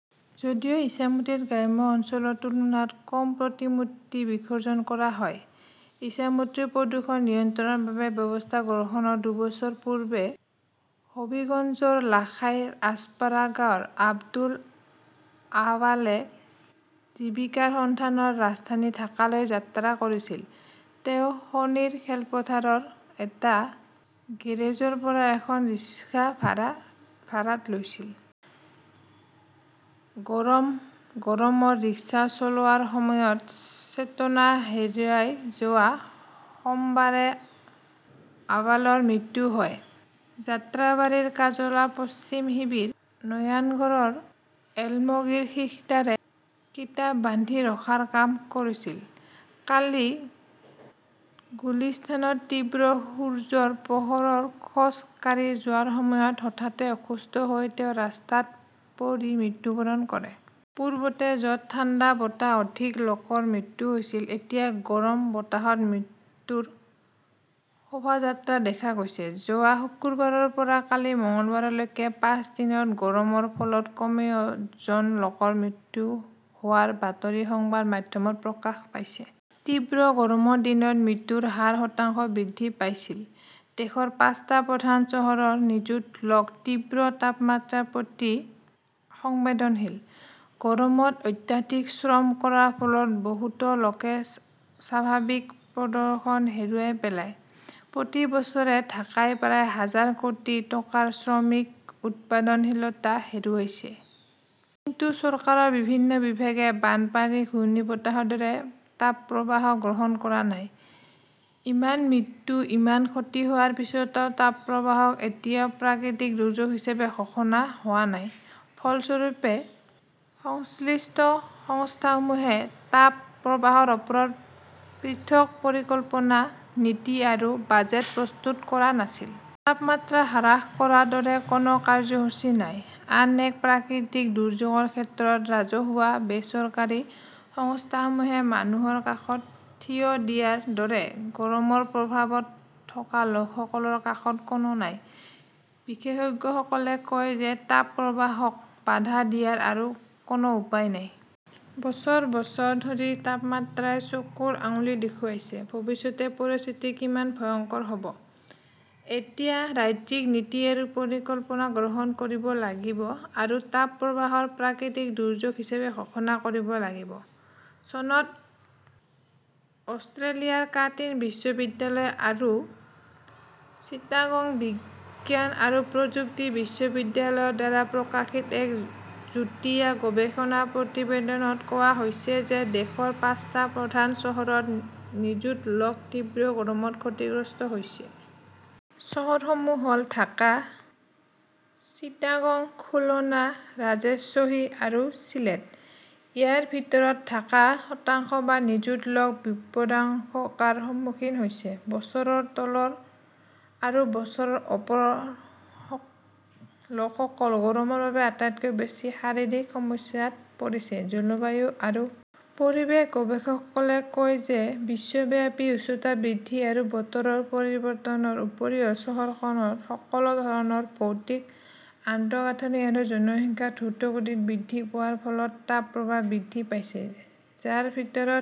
যদিও ইচামতীত গ্ৰাম্য অঞ্চলৰ তুলনাত কম প্ৰতিমূৰ্তি বিসৰ্জন কৰা হয়। ইছামতীৰ প্ৰদূষণ নিয়ন্ত্ৰণৰ বাবে ব্যৱস্থা গ্ৰহণ দুবছৰ পূৰ্বে হবীগঞ্জৰ লাখাইৰ আজপাৰাগাঁওৰ আব্দুল আৱালে জীৱিকাৰ সন্ধানত ৰাজধানী ঢাকালৈ যাত্ৰা কৰিছিল। তেওঁ শনিৰ খেলপথাৰৰ এটা গেৰেজৰ পৰা এখন ৰিক্সা ভাড়াত লৈছিল। গৰম গৰমত ৰিক্সা চলোৱাৰ সময়ত চেতনা হেৰুৱাই যোৱা সোমবাৰে আৱালৰ মৃত্যু হয়। যাত্ৰাবাৰীৰ কাজলা পশ্চিম শিবিৰ নয়ানগৰৰ এলমগিৰ শিখদাৰে কিতাপ বান্ধি ৰখাৰ কাম কৰিছিল। কালি গুলিস্তানত তীব্ৰ সূৰ্যৰ পোহৰত খোজ কাঢ়ি যোৱাৰ সময়ত হঠাতে অসুস্থ হৈ তেওঁ ৰাস্তাত পৰি মৃত্যুবৰণ কৰে। পূৰ্বতে য 'ত ঠাণ্ডা বতাহত অধিক লোকৰ মৃত্যু হৈছিল, এতিয়া গৰম বতাহত মৃত্যুৰ শোভাযাত্ৰা দেখা গৈছে। যোৱা শুকুৰবাৰৰ পৰা কালি মঙলবাৰলৈকে পাঁচ দিনত গৰমৰ ফলত কমেও জন লোকৰ মৃত্যু হোৱাৰ বাতৰি সংবাদ মাধ্যমত প্ৰকাশ পাইছে। তীব্ৰ গৰমৰ দিনত মৃত্যুৰ হাৰ শতাংশ বৃদ্ধি পাইছিল। দেশৰ পাঁচটা প্ৰধান চহৰৰ নিযুত লোক তীব্ৰ তাপমাত্ৰাৰ প্ৰতি সংবেদনশীল। গৰমত অত্যাধিক শ্ৰম কৰাৰ ফলত বহুতো লোকে স্বাভাৱিক প্ৰদৰ্শন হেৰুৱাই পেলায়। প্ৰতি বছৰে ঢাকাই প্ৰায় হাজাৰ কোটি টকাৰ শ্ৰমিক উৎপাদনশীলতা হেৰুৱাইছে। কিন্তু চৰকাৰৰ বিভিন্ন বিভাগে বানপানী-ঘূৰ্ণীবতাহৰ দৰে তাপপ্ৰবাহ গ্ৰহণ কৰা নাই। ইমান মৃত্যু, ইমান ক্ষতি হোৱাৰ পিছতো তাপপ্ৰবাহক এতিয়াও 'প্ৰাকৃতিক দুৰ্যোগ "হিচাপে ঘোষণা কৰা হোৱা নাই। ফলস্বৰূপে, সংশ্লিষ্ট সংস্থাসমূহে তাপ প্ৰবাহৰ ওপৰত পৃথক পৰিকল্পনা, নীতি আৰু বাজেট প্ৰস্তুত কৰা নাছিল। তাপমাত্ৰা হ্ৰাস কৰাৰ দৰে কোনো কাৰ্যসূচী নাই। আন এক প্ৰাকৃতিক দুৰ্যোগৰ ক্ষেত্ৰত ৰাজহুৱা-বেচৰকাৰী সংস্থাসমূহে মানুহৰ কাষত থিয় দিয়াৰ দৰে, গৰমৰ প্ৰভাৱত থকা লোকসকলৰ কাষত কোনো নাই। বিশেষজ্ঞসকলে কয় যে তাপ প্ৰবাহক বাধা দিয়াৰ আৰু কোনো উপায় নাই। বছৰ বছৰ ধৰি তাপমাত্ৰাই চকুৰ আঙুলি দেখুৱাইছে, ভৱিষ্যতে পৰিস্থিতি কিমান ভয়ংকৰ হ "ব। এতিয়া ৰাজ্যিক নীতি আৰু পৰিকল্পনা গ্ৰহণ কৰিব লাগিব আৰু তাপ প্ৰবাহক প্ৰাকৃতিক দুৰ্যোগ হিচাপে ঘোষণা কৰিব লাগিব। চনত অষ্ট্ৰেলিয়াৰ কাৰ্টিন বিশ্ববিদ্যালয় আৰু চিটাগং বিজ্ঞান আৰু প্ৰযুক্তি বিশ্ববিদ্যালয়ৰ দ্বাৰা প্ৰকাশিত এক যুটীয়া গৱেষণা প্ৰতিবেদনত কোৱা হৈছে যে দেশৰ পাঁচটা প্ৰধান চহৰত নিযুত লোক তীব্ৰ গৰমত ক্ষতিগ্ৰস্ত হৈছে। চহৰসমূহ হ "ল-ঢাকা, চিটাগং, খুলনা, ৰাজশ্বাহী আৰু চিলেট। ইয়াৰ ভিতৰত ঢাকাৰ শতাংশ বা নিযুত লোক বিপদাশংকাৰ সন্মুখীন হৈছে। বছৰৰ তলৰ আৰু বছৰৰ ওপৰৰ লোকসকল গৰমৰ বাবে আটাইতকৈ বেছি শাৰীৰিক সমস্যাত পৰিছে। জলবায়ু আৰু পৰিৱেশ গৱেষকসকলে কয় যে বিশ্বব্যাপী উষ্ণতা বৃদ্ধি আৰু বতৰৰ পৰিৱৰ্তনৰ উপৰিও চহৰখনত সকলো ধৰণৰ ভৌতিক আন্তঃগাঁথনি আৰু জনসংখ্যা দ্ৰুতগতিত বৃদ্ধি পোৱাৰ ফলত তাপ প্ৰৱাহ বৃদ্ধি পাইছে, যাৰ ভিতৰত